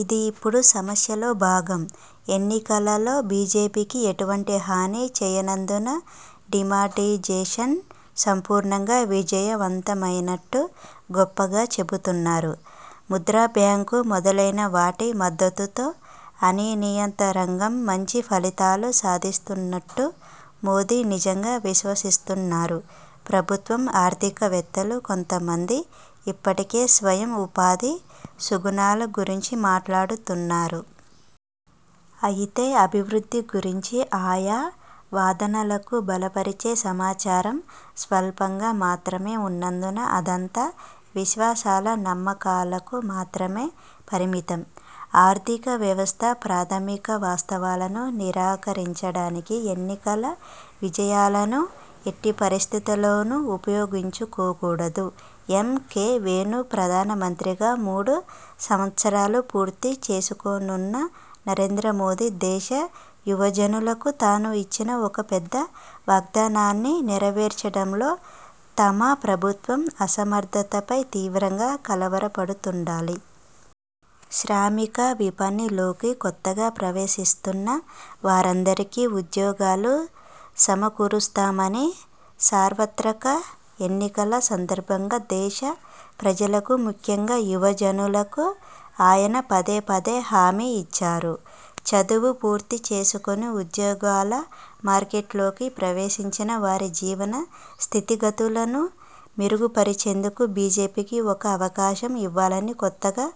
ఇది ఇప్పుడు సమస్యలో భాగం. ఎన్నికలలో బీజేపీకి ఎటువంటి హాని చేయనందున డీమానిటైజేషన్ సంపూర్ణంగా విజయవంతమయినట్టు గొప్పగా చెబుతున్నారు. ముద్రాబ్యాంకు మొదలైన వాటి మద్దతుతో అనియతరంగం మంచి ఫలితాలు సాధిస్తున్నుట్టు మోదీ నిజంగా విశ్వసిస్తున్నారు. ప్రభుత్వ ఆర్థికవేత్తలు కొంత మంది ఇప్పటికే స్వయం ఉపాధి సుగుణాల గురించి మాట్లాడుతున్నారు. అయితే అభివృద్ధి గురించి ఆయా వాదనలకు బలపరిచే సమాచారం స్వల్పంగా మాత్రమే వున్నందున అదంతా విశ్వాసాలు, నమ్మకాలకు మాత్రమే పరిమితం. ఆర్థిక వ్యవస్థ ప్రాథమిక వాస్తవాలను నిరాకరించడానికి ఎన్నికల విజయాలను ఎట్టి పరిస్థితులలోను ఉపయోగించుకోకూడదు. ఎమ్. కె. వేణుప్రధానమంత్రిగా మూడు సంవత్సరాలు పూర్తిచేసుకోనున్న నరేంద్రమోదీ దేశ యువజనులకు తాను ఇచ్చిన ఒక పెద్ద వాగ్దానాన్ని నెరవేర్చడంలో తమ ప్రభుత్వ అసమర్థతపై తీవ్రంగా కలవరపడుతుండాలి. శ్రామిక విపణిలోకి కొత్తగా ప్రవేశిస్తున్న వారందరికీ ఉద్యోగాలు సమకూరుస్తామని సార్వత్రక ఎన్నికల సందర్భంగా దేశ ప్రజలకు ముఖ్యంగా యువజనులకు ఆయన పదే పదే హామీ ఇచ్చారు. చదువు పూర్తిచేసుకొని ఉద్యోగాల మార్కెట్లోకి ప్రవేశించిన వారి జీవన స్థితిగతులను మెరుగురిచేందుకు బీజేపీకి ఒక అవకాశం ఇవ్వాలని కొత్తగా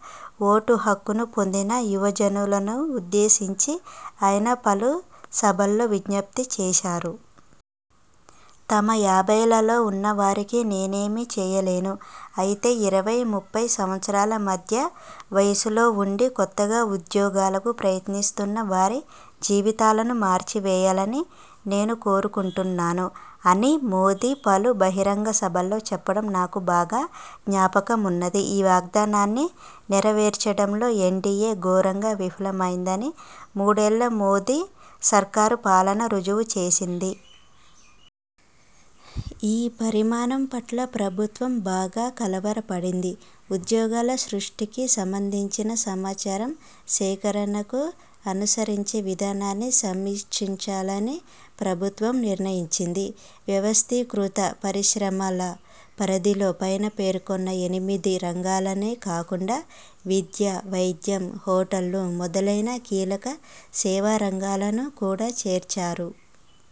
ఓటుహక్కును పొందిన యువజనులనుద్దేశించి ఆయన పలు సభల్లో విజ్ఞప్తి చేశారు. 'తమ యాభైలలో వున్నవారికి నేనేమీ చేయలేను. అయితే ఇరవై–ముప్పై సంవత్సరాల మధ్య వయస్సులోవుండి కొత్తగా ఉద్యోగాలకు ప్రయత్నిస్తున్న వారి జీవితాలను మార్చివేయాలని నేను కోరుకుంటున్నాను' అని మోదీ పలు బహిరంగసభల్లో చెప్పడం నాకు బాగా జ్ఞాపకమున్నది. ఈ వాగ్దానాన్ని నెరవేర్చడంలో ఎన్డీఏ ఘోరంగా విఫలమయిందని మూడేళ్ళ మోదీ సర్కార్ పాలన రుజువుచేసింది. ఈ పరిణామం పట్ల ప్రభుత్వం బాగా కలవరపడింది. ఉద్యోగాల సృష్టికి సంబంధించిన సమాచారం సేకరణకు అనుసరించే విధానాన్ని సమీక్షించాలని ప్రభుత్వం నిర్ణయించింది. వ్యవస్థీకృత పరిశ్రమల పరిధిలో పైన పేర్కొన్న ఎనిమిది రంగాలనే కాకుండా విద్య, వైద్యం, హోటళ్ళు మొదలైన కీలక సేవా రంగాలను కూడా చేర్చారు.